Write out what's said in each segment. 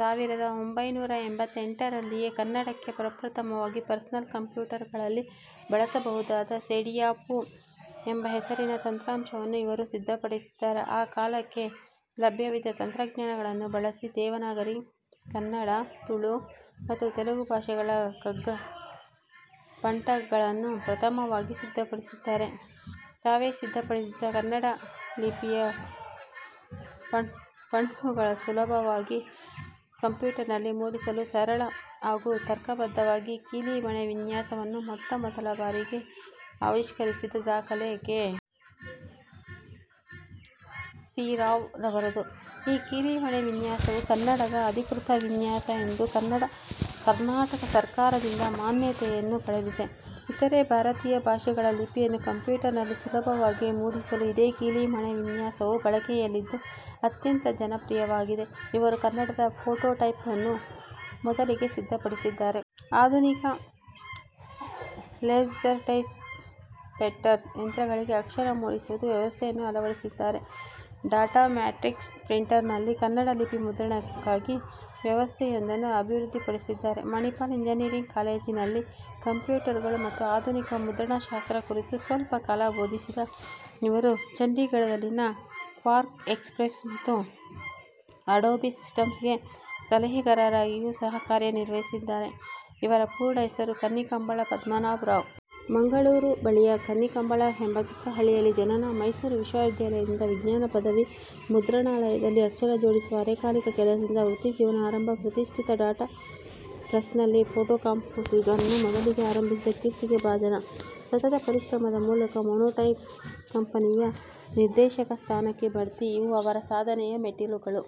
ಸಾವಿರದ ಒಂಭೈನೂರ ಎಂಬತ್ತೆಂಟರಲ್ಲಿಯೇ ಕನ್ನಡಕ್ಕೆ ಪ್ರಪ್ರಥಮವಾಗಿ ಪರ್ಸನಲ್ ಕಂಪ್ಯೂಟರ್ಗಳಲ್ಲಿ ಬಳಸಬಹುದಾದ ಸೇಡಿಯಾಪು' ಎಂಬ ಹೆಸರಿನ ತಂತ್ರಾಂಶವನ್ನು ಇವರು ಸಿದ್ಧಪಡಿಸಿದ್ದಾರೆ. ಆ ಕಾಲಕ್ಕೆ ಲಭ್ಯವಿದ್ದ ತಂತ್ರಜ್ಞಾನಗಳನ್ನು ಬಳಸಿ ದೇವನಾಗರಿ, ಕನ್ನಡ, ತುಳು ಮತ್ತು ತೆಲುಗು ಭಾಷೆಗಳ ಫಾಂಟ್ಗಳನ್ನು ಪ್ರಥಮವಾಗಿ ಸಿದ್ಧಪಡಿಸಿದ್ದಾರೆ. ತಾವೇ ಸಿದ್ಧಪಡಿಸಿದ ಕನ್ನಡ ಲಿಪಿಯ ಫಾಂಟ್ನ್ನು ಸುಲಭವಾಗಿ ಕಂಪ್ಯೂಟರ್ನಲ್ಲಿ ಮೂಡಿಸಲು ಸರಳ ಹಾಗೂ ತರ್ಕಬದ್ಧವಾದ ಕೀಲಿಮಣೆ ವಿನ್ಯಾಸವನ್ನು ಮೊಟ್ಟಮೊದಲ ಬಾರಿಗೆ ಆವಿಷ್ಕರಿಸಿದ ದಾಖಲೆ ಕೆ. ಪಿ ರಾವ್ ರವರದು. ಈ ಕೀಲಿಮಣೆ ವಿನ್ಯಾಸವು ಕನ್ನಡದ ಅಧಿಕೃತ ವಿನ್ಯಾಸ ಎಂದು ಕರ್ನಾಟಕ ಸರಕಾರದಿಂದ ಮಾನ್ಯತೆಯನ್ನು ಪಡೆದಿದೆ. ಇತರೆ ಭಾರತೀಯ ಭಾಷೆಗಳ ಲಿಪಿಯನ್ನು ಕಂಪ್ಯೂಟರ್ನಲ್ಲಿ ಸುಲಭವಾಗಿ ಮೂಡಿಸಲು ಇದೇ ಕೀಲಿಮಣೆ ವಿನ್ಯಾಸವು ಬಳಕೆಯಲ್ಲಿದ್ದು ಅತ್ಯಂತ ಜನಪ್ರಿಯವಾಗಿದೆ. ಇವರು ಕನ್ನಡದ ಫೋಟೋಟೈಪ್ ನನ್ನು ಮೊದಲಿಗೆ ಸಿದ್ಧಪಡಿಸಿದ್ದಾರೆ. ಆಧುನಿಕ ಲೇಸರ್ಟೈಪ್ಸೆಟ್ಟರ್ ಯಂತ್ರಗಳಿಗೆ ಅಕ್ಷರ ಮೂಡಿಸುವ ವ್ಯವಸ್ಥೆಯನ್ನು ಅಳವಡಿಸಿದ್ದಾರೆ. ಡಾಟ್ ಮ್ಯಾಟ್ರಿಕ್ಸ್ ಪ್ರಿಂಟರ್ನಲ್ಲಿ ಕನ್ನಡ ಲಿಪಿ ಮುದ್ರಣಕ್ಕಾಗಿ ವ್ಯವಸ್ಥೆಯೊಂದನ್ನು ಅಭಿವೃದ್ಧಿಪಡಿಸಿದ್ದಾರೆ. ಮಣಿಪಾಲ ಇಂಜಿನಿಯರಿಂಗ್ ಕಾಲೇಜಿನಲ್ಲಿ ಕಂಪ್ಯೂಟರ್ಗಳು ಮತ್ತು ಆಧುನಿಕ ಮುದ್ರಣಶಾಸ್ತ್ರ ಕುರಿತು ಸ್ವಲ್ಪಕಾಲ ಬೋಧಿಸಿದ ಇವರು ಚಂಡೀಗಢದಲ್ಲಿನ ಕ್ವಾರ್ಕ್ ಎಕ್ಸ್ ಪ್ರೆಸ್ ಮತ್ತು ಅಡೋಬಿ ಸಿಸ್ಟಂಸ್ ಗೆ ಸಲಹೆಗಾರರಾಗಿಯೂ ಸಹ ಕಾರ್ಯನಿರ್ವಹಿಸಿದ್ದಾರೆ ಇವರ ಪೂರ್ಣ ಹೆಸರು ಕನ್ನಿಕಂಬಳ ಪದ್ಮನಾಭ ರಾವ್. ಮಂಗಳೂರು ಬಳಿಯ ಕನ್ನಿಕಂಬಳ ಎಂಬ ಚಿಕ್ಕಹಳ್ಳಿಯಲ್ಲಿ ಜನನ. ಮೈಸೂರು ವಿಶ್ವ ವಿದ್ಯಾಲಯದಿಂದ ವಿಜ್ಞಾನ ಪದವಿ. ಮುದ್ರಣಾಲಯದಲ್ಲಿ ಅಕ್ಷರ ಜೋಡಿಸುವ ಅರೆಕಾಲಿಕ ಕೆಲಸದಿಂದ ವೃತ್ತಿಜೀವನ ಆರಂಭ. ಪ್ರತಿಷ್ಠಿತ ಟಾಟಾ ಪ್ರೆಸ್ನಲ್ಲಿ ಫೋಟೋಕಂಪೋಸಿಂಗನ್ನು ಮೊದಲಿಗೆ ಆರಂಭಿಸಿದ ಕೀರ್ತಿಗೆ ಭಾಜನ. ಸತತ ಪರಿಶ್ರಮದ ಮೂಲಕ ಮೊನೋಟೈಪ್ ಕಂಪನಿಯ ನಿರ್ದೇಶಕ ಸ್ಥಾನಕ್ಕೆ ಬಡ್ತಿ ಇವು ಅವರ ಸಾಧನೆಯ ಮೆಟ್ಟಿಲುಗಳು.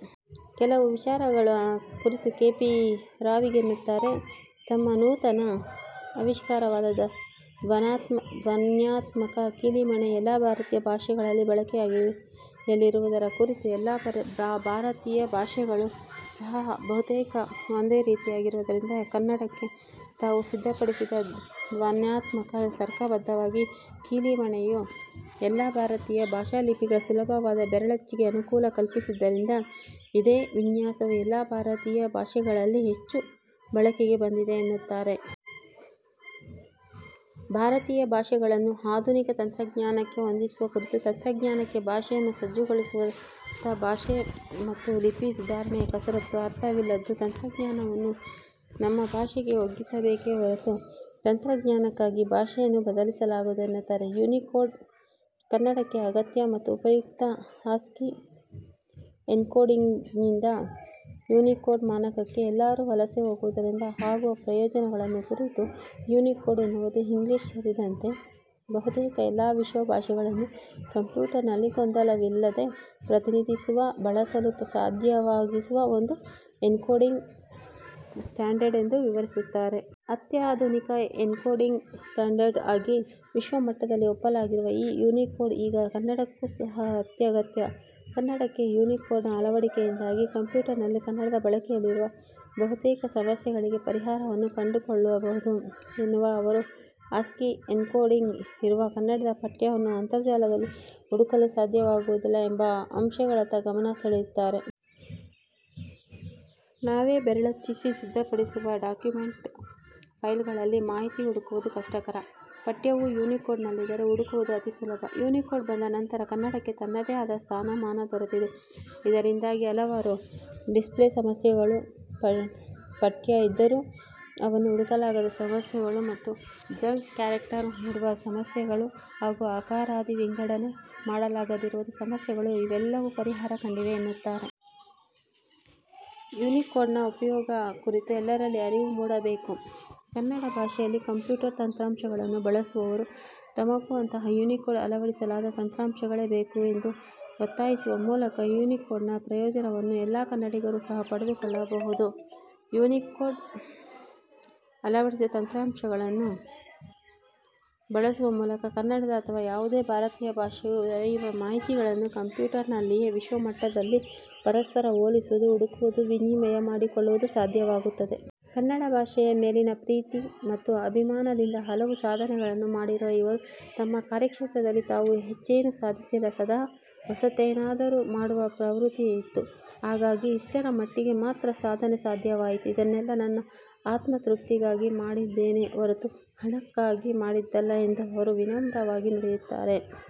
ಕೆಲವು ವಿಚಾರಗಳ ಕುರಿತು ಕೆ. ಪಿ ರಾವ್ಹೀಗೆನ್ನುತ್ತಾರೆ ತಮ್ಮ ನೂತನ ಆವಿಷ್ಕಾರವಾದ ಧ್ವನ್ಯಾತ್ಮಕ ಕೀಲಿಮಣೆ ಎಲ್ಲ ಭಾರತೀಯ ಭಾಷೆಯಲ್ಲಿ ಬಳಕೆಯಲ್ಲಿರುವುದರ ಕುರಿತು ಎಲ್ಲಾ ಭಾರತೀಯ ಭಾಷೆಗಳೂ ಸಹ ಬಹುತೇಕ ಒಂದೇ ರೀತಿಯಾಗಿರುವುದರಿಂದ ಕನ್ನಡಕ್ಕೆ ತಾವು ಸಿದ್ಧಪಡಿಸಿದ ಧ್ವನ್ಯಾತ್ಮಕ, ತರ್ಕಬದ್ಧವಾದ ಕೀಲಿಮಣೆಯು ಎಲ್ಲಾ ಭಾರತೀಯ ಭಾಷಾ ಲಿಪಿಗಳ ಸುಲಭವಾದ ಬೆರಳಚ್ಚಿಗೆ ಅನುಕೂಲ ಕಲ್ಪಿಸಿದ್ದರಿಂದ ಇದೇ ವಿನ್ಯಾಸವು ಎಲ್ಲಾ ಭಾರತೀಯ ಭಾಷೆಗಳಲ್ಲಿ ಹೆಚ್ಚು ಬಳಕೆಗೆ ಬಂದಿದೆ ಎನ್ನುತ್ತಾರೆ. ಭಾರತೀಯ ಭಾಷೆಗಳನ್ನು ಆಧುನಿಕ ತಂತ್ರಜ್ಞಾನಕ್ಕೆ ಹೊಂದಿಸುವ ಕುರಿತು ತಂತ್ರಜ್ಞಾನಕ್ಕೆ ಭಾಷೆಯನ್ನು ಸಜ್ಜುಗೊಳಿಸುವತ್ತ ಭಾಷೆ ಮತ್ತು ಲಿಪಿ ಸುಧಾರಣೆಯ ಕಸರತ್ತು ಅರ್ಥವಿಲ್ಲದ್ದು, ತಂತ್ರಜ್ಞಾನವನ್ನು ನಮ್ಮ ಭಾಷೆಗೆ ಒಗ್ಗಿಸಬೇಕೆ ಹೊರತು ತಂತ್ರಜ್ಞಾನಕ್ಕಾಗಿ ಭಾಷೆಯನ್ನು ಬದಲಿಸಲಾಗದು ಎನ್ನುತ್ತಾರೆ. ಯುನಿಕೋಡ್ ಕನ್ನಡಕ್ಕೆ ಅಗತ್ಯ ಮತ್ತು ಉಪಯುಕ್ತ ಆಸ್ಕಿ ಎನ್ಕೋಡಿಂಗ್ನಿಂದ ಯುನಿಕೋಡ್ ಮಾನಕಕ್ಕೆ ಎಲ್ಲರೂ ವಲಸೆ ಹೋಗುವುದರಿಂದ ಆಗುವ ಪ್ರಯೋಜನಗಳನ್ನು ಕುರಿತು ಯುನಿಕೋಡ್ ಎನ್ನುವುದು ಇಂಗ್ಲಿಷ್ ಸೇರಿದಂತೆ ಬಹುತೇಕ ಎಲ್ಲಾ ವಿಶ್ವ ಭಾಷೆಗಳನ್ನು ಕಂಪ್ಯೂಟರ್ನಲ್ಲಿ ಗೊಂದಲವಿಲ್ಲದೆ ಪ್ರತಿನಿಧಿಸುವ, ಬಳಸಲು ಸಾಧ್ಯವಾಗಿಸುವ ಒಂದು ಎನ್ಕೋಡಿಂಗ್' ಸ್ಟ್ಯಾಂಡರ್ಡ್ ಎಂದು ವಿವರಿಸುತ್ತಾರೆ. ಅತ್ಯಾಧುನಿಕ ಎನ್ಕೋಡಿಂಗ್ ಸ್ಟ್ಯಾಂಡರ್ಡ್ ಆಗಿ ವಿಶ್ವ ಮಟ್ಟದಲ್ಲಿ ಒಪ್ಪಲಾಗಿರುವ ಈ ಯುನಿಕೋಡ್ ಈಗ ಕನ್ನಡಕ್ಕೂ ಸಹ ಅತ್ಯಗತ್ಯ. ಕನ್ನಡಕ್ಕೆ ಯುನಿಕೋಡ್ನ ಅಳವಡಿಕೆಯಿಂದಾಗಿ ಕಂಪ್ಯೂಟರ್ನಲ್ಲಿ ಕನ್ನಡದ ಬಳಕೆಯಲ್ಲಿರುವ ಬಹುತೇಕ ಸಮಸ್ಯೆಗಳಿಗೆ ಪರಿಹಾರವನ್ನು ಕಂಡುಕೊಳ್ಳಬಹುದು ಎನ್ನುವ ಅವರು, ಆಸ್ಕಿ ಎನ್ಕೋಡಿಂಗ್ ಇರುವ ಕನ್ನಡದ ಪಠ್ಯವನ್ನು ಅಂತರಜಾಲದಲ್ಲಿ ಹುಡುಕಲು ಸಾಧ್ಯವಾಗುವುದಿಲ್ಲ ಎಂಬ ಅಂಶಗಳತ್ತ ಗಮನ ಸೆಳೆಯುತ್ತಾರೆ. ನಾವೇ ಬೆರಳಚ್ಚಿಸಿ ಸಿದ್ಧಪಡಿಸಿರುವ ಡಾಕ್ಯುಮೆಂಟ್ ಫೈಲ್ಗಳಲ್ಲಿ ಮಾಹಿತಿ ಹುಡುಕುವುದು ಕಷ್ಟಕರ. ಪಠ್ಯವು ಯುನಿಕೋಡ್'ನಲ್ಲಿದ್ದರೆ, ಹುಡುಕುವುದು ಅತಿ ಸುಲಭ. ಯುನಿಕೋಡ್ ಬಂದ ನಂತರ ಕನ್ನಡಕ್ಕೆ ತನ್ನದೇ ಆದ ಸ್ಥಾನ-ಮಾನ ದೊರೆತಿದೆ. ಇದರಿಂದಾಗಿ, ಹಲವಾರು ಡಿಸ್ಪ್ಲೇ ಸಮಸ್ಯೆಗಳು, ಪಠ್ಯ ಇದ್ದರೂ ಅವನ್ನು ಹುಡುಕಲಾಗದ ಸಮಸ್ಯೆಗಳು ಮತ್ತು ಜಂಕ್ ಕ್ಯಾರೆಕ್ಟರ್ ಮೂಡುವ ಸಮಸ್ಯೆಗಳು ಹಾಗೂ ಅಕಾರಾದಿ ವಿಂಗಡಣೆ ಮಾಡಲಾಗದಿರುವ ಸಮಸ್ಯೆಗಳು ಇವೆಲ್ಲವು ಪರಿಹಾರ ಕಂಡಿವೆ ಎನ್ನುತ್ತಾರೆ. ಯುನಿಕೋಡ್ನ ಉಪಯೋಗ ಕುರಿತು ಎಲ್ಲರಲ್ಲಿ ಅರಿವು ಮೂಡಬೇಕು. ಕನ್ನಡ ಭಾಷೆಯಲ್ಲಿ ಕಂಪ್ಯೂಟರ್ ತಂತ್ರಾಂಶಗಳನ್ನು ಬಳಸುವವರು ತಮಗೂ ಅಂತಹ ಯುನಿಕೋಡ್ ಅಳವಡಿಸಲಾದ ತಂತ್ರಾಂಶಗಳೇ ಬೇಕು ಎಂದು ಒತ್ತಾಯಿಸುವ ಮೂಲಕ ಯುನಿಕೋಡ್ನ ಪ್ರಯೋಜನವನ್ನು ಎಲ್ಲಾ ಕನ್ನಡಿಗರೂ ಸಹ ಪಡೆದುಕೊಳ್ಳಬಹುದು. ಯುನಿಕೋಡ್ ಅಳವಡಿಸಿದ ತಂತ್ರಾಂಶಗಳನ್ನು ಬಳಸುವ ಮೂಲಕ ಕನ್ನಡದ ಅಥವಾ ಯಾವುದೇ ಭಾರತೀಯ ಭಾಷೆಯ ದೊರೆಯುವ ಮಾಹಿತಿಗಳನ್ನು ಕಂಪ್ಯೂಟರ್ನಲ್ಲಿಯೇ ವಿಶ್ವಮಟ್ಟದಲ್ಲಿ ಪರಸ್ಪರ ಹೋಲಿಸುವುದು, ಹುಡುಕುವುದು, ವಿನಿಮಯ ಮಾಡಿಕೊಳ್ಳುವುದು ಸಾಧ್ಯವಾಗುತ್ತದೆ. ಕನ್ನಡ ಭಾಷೆಯ ಮೇಲಿನ ಪ್ರೀತಿ ಮತ್ತು ಅಭಿಮಾನದಿಂದ ಹಲವು ಸಾಧನೆಗಳನ್ನು ಮಾಡಿರುವ ಇವರು ತಮ್ಮ ಕಾರ್ಯಕ್ಷೇತ್ರದಲ್ಲಿ ತಾವು ಹೆಚ್ಚೇನೂ ಸಾಧಿಸಿಲ್ಲ, ಸದಾ ಹೊಸತೇನನ್ನಾದರೂ ಮಾಡುವ ಪ್ರವೃತ್ತಿಯಿತ್ತು. ಹಾಗಾಗಿ ಇಷ್ಟರ ಮಟ್ಟಿಗೆ ಮಾತ್ರ ಸಾಧನೆ ಸಾಧ್ಯವಾಯಿತು. ಇದನ್ನೆಲ್ಲಾ ನನ್ನ ಆತ್ಮತೃಪ್ತಿಗಾಗಿ ಮಾಡಿದ್ದೇನೆ ಹೊರತು ಹಣಕ್ಕಾಗಿ ಮಾಡಿದ್ದಲ್ಲ ಎಂದು ಅವರು ವಿನಮ್ರವಾಗಿ ನುಡಿಯುತ್ತಾರೆ.